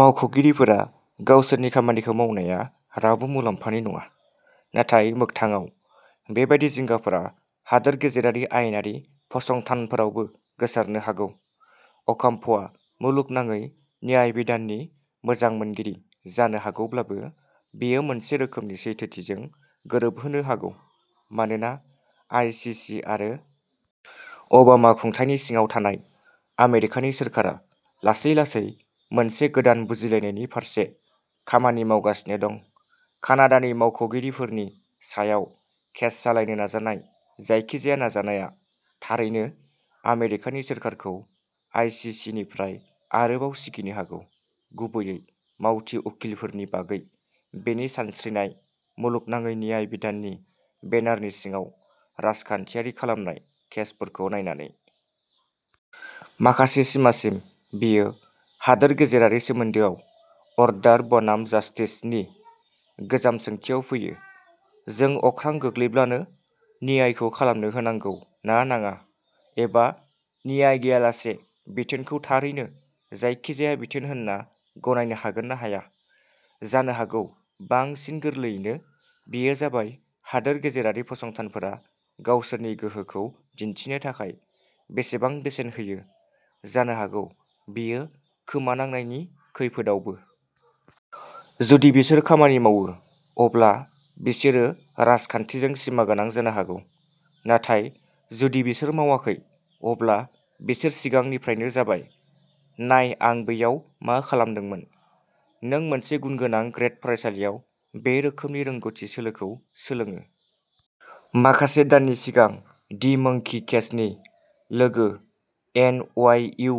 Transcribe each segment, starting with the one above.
मावख'गिरिफोरा गावसोरनि खामानिखौ मावनाया रावबो मुलाम्फानि नङा। नाथाय मोगथाङाव, बेबादि जिंगाफोरा हादोर गेजेरारि आयेनारि फसंथानफोरावबो गोसारनो हागौ। अकाम्प'आ मुलुगनाङै न्यायबिधाननि मोजां मोनगिरि जानो हागौब्लाबो, बेयो मोनसे रोखोमनि सैथोथिजों गोरोबहोनो हागौ। मानोना आईसीसी आरो ओबामा खुंथायनि सिङाव थानाय आमेरिकानि सोरखारा लासै-लासै मोनसे गोदान बुजिलायनायनि फारसे खामानि मावगासिनो दं, कानाडानि मावख'गिरिफोरनि सायाव केस सालायनो नाजानाय जायखिजाया नाजानाया थारैनो आमेरिकानि सोरखारखौ आईसीसीनिफ्राय आरोबाव सिगिनो हागौ-गुबैयै "मावथि" उखिलफोरनि बागै बेनि सानस्रिनाय, मुलुगनाङै न्यायबिधाननि बेनारनि सिङाव राजखान्थियारि खालामनाय केसफोरखौ नायनानै। माखासे सिमासिम बेयो हादोर गेजेरारि सोमोन्दोआव "अर्डार बनाम जस्टिस" नि गोजाम सोंथियाव फैयो-जों अख्रां गोग्लैब्लाबो न्यायखौ खालामनो होनांगौ ना नाङा, एबा न्याय गैयालासे बिथोनखौ थारैनो जायखिजाया बिथोन होनना गनायनो हागोन ना हाया। जानो हागौ बांसिन गोरलैयैनो, बेयो जाबाय हादोर गेजेरारि फसंथानफोरा गावसोरनि गोहोखौ दिन्थिनो थाखाय बेसेबां बेसेन होयो-जानो हागौ बेखौ खोमानांनायनि खैफोदआवबो। जुदि बिसोर खामानि मावो, अब्ला बिसोरो राजखान्थिजों सिमागोनां जानो हागौ; नाथाय जुदि बिसोर मावाखै, अब्ला बिसोर सिगांनिफ्रायनो जाबाय। नाय आं बैयाव मा खालामदोंमोन? नों मोनसे गुनगोनां ग्रेद फरायसालियाव बे रोखोमनि रोंग'थि सोलोखौ सोलोङो। माखासे दाननि सिगां दि मंकी केजनि लोगो एन. वाइ. इउ.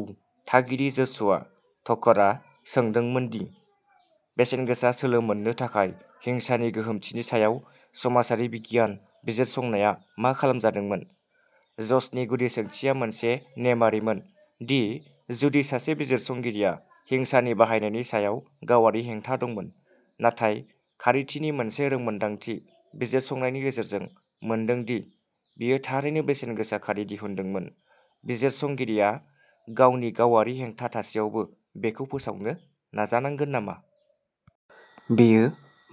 थागिरि जसुआ टकरआ सोंदोंमोन दि बेसेनगोसा सोलो मोननो थाखाय हिंसानि गोहोमथिनि सायाव समाजारि बिगियान बिजिरसंनाया मा खालामजादोंमोन? ज'सनि गुदि सोंथिया मोनसे नेमआरिमोन, दि जुदि सासे बिजिरसंगिरिआ हिंसानि बाहायनायनि सायाव गावारि हेंथा दंमोन, नाथाय खारिथिनि मोनसे रोंमोनदांथि बिजिरसंनायनि गेजेरजों मोनदों दि बेयो थारैनो बेसेनगोसा खारि दिहुनदोंमोन, बिजिरसंगिरिआ गावनि गावारि हेंथा थासेयावबो बेखौ फोसावनो नाजानांगोन नामा? बेयो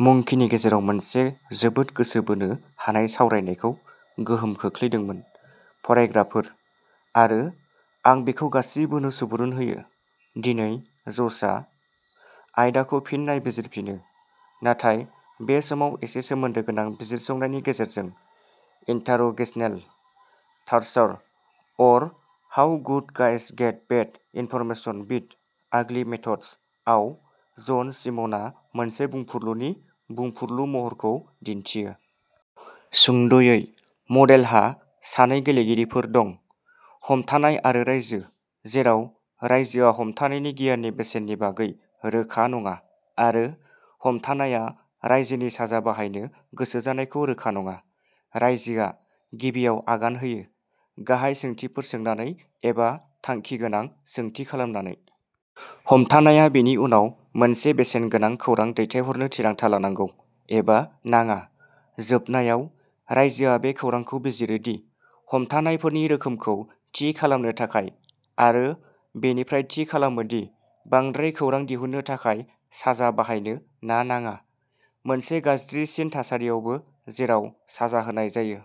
मंकीनि गेजेराव मोनसे जोबोद गोसो बोनो हानाय सावरायनायखौ गोहोम खोख्लैदोंमोन। फरायग्राफोर, आरो आं बेखौ गासिबोनो सुबुरुन होयो। दिनै, ज'शआ आयदाखौ फिन नायबिजिरफिनो, नाथाय बे समाव एसे सोमोन्दो गोनां बिजिरसंनायनि गेजेरजों। "Interrogational torture or how good guys get bad information with ugly methods" आव, जन शिमनआ मोनसे बुंफुरलुनि बुंफुरलु महरखौ दिन्थियो। सुंद'यै, मडेलहा सानै गेलेगिरिफोर दं, हमथानाय आरो रायजो, जेराव रायजोआ हमथानायनि गियाननि बेसेननि बागै रोखा नङा आरो हमथानायआ रायजोनि साजा बाहायनो गोसो जानायखौ रोखा नङा। रायजोआ गिबियाव आगान होयो, गाहाय सोंथिफोर सोंनानै एबा थांखि गोनां सोंथि खालामनानै। हमथानायआ बेनि उनाव मोनसे बेसेनगोनां खौरां दैथायहरनो थिरांथा लानांगौ, एबा नाङा। जोबनायाव, रायजोआ बे खौरांखौ बिजिरो दि हमथानायफोरनि रोखोमखौ थि खालामनो थाखाय, आरो बेनिफ्राय थि खालामो दि बांद्राय खौरां दिहुननो थाखाय साजा बाहायनो ना नाङा।... मोनसे गाज्रिसिन थासारियावबो जेराव साजा होनाय जायो।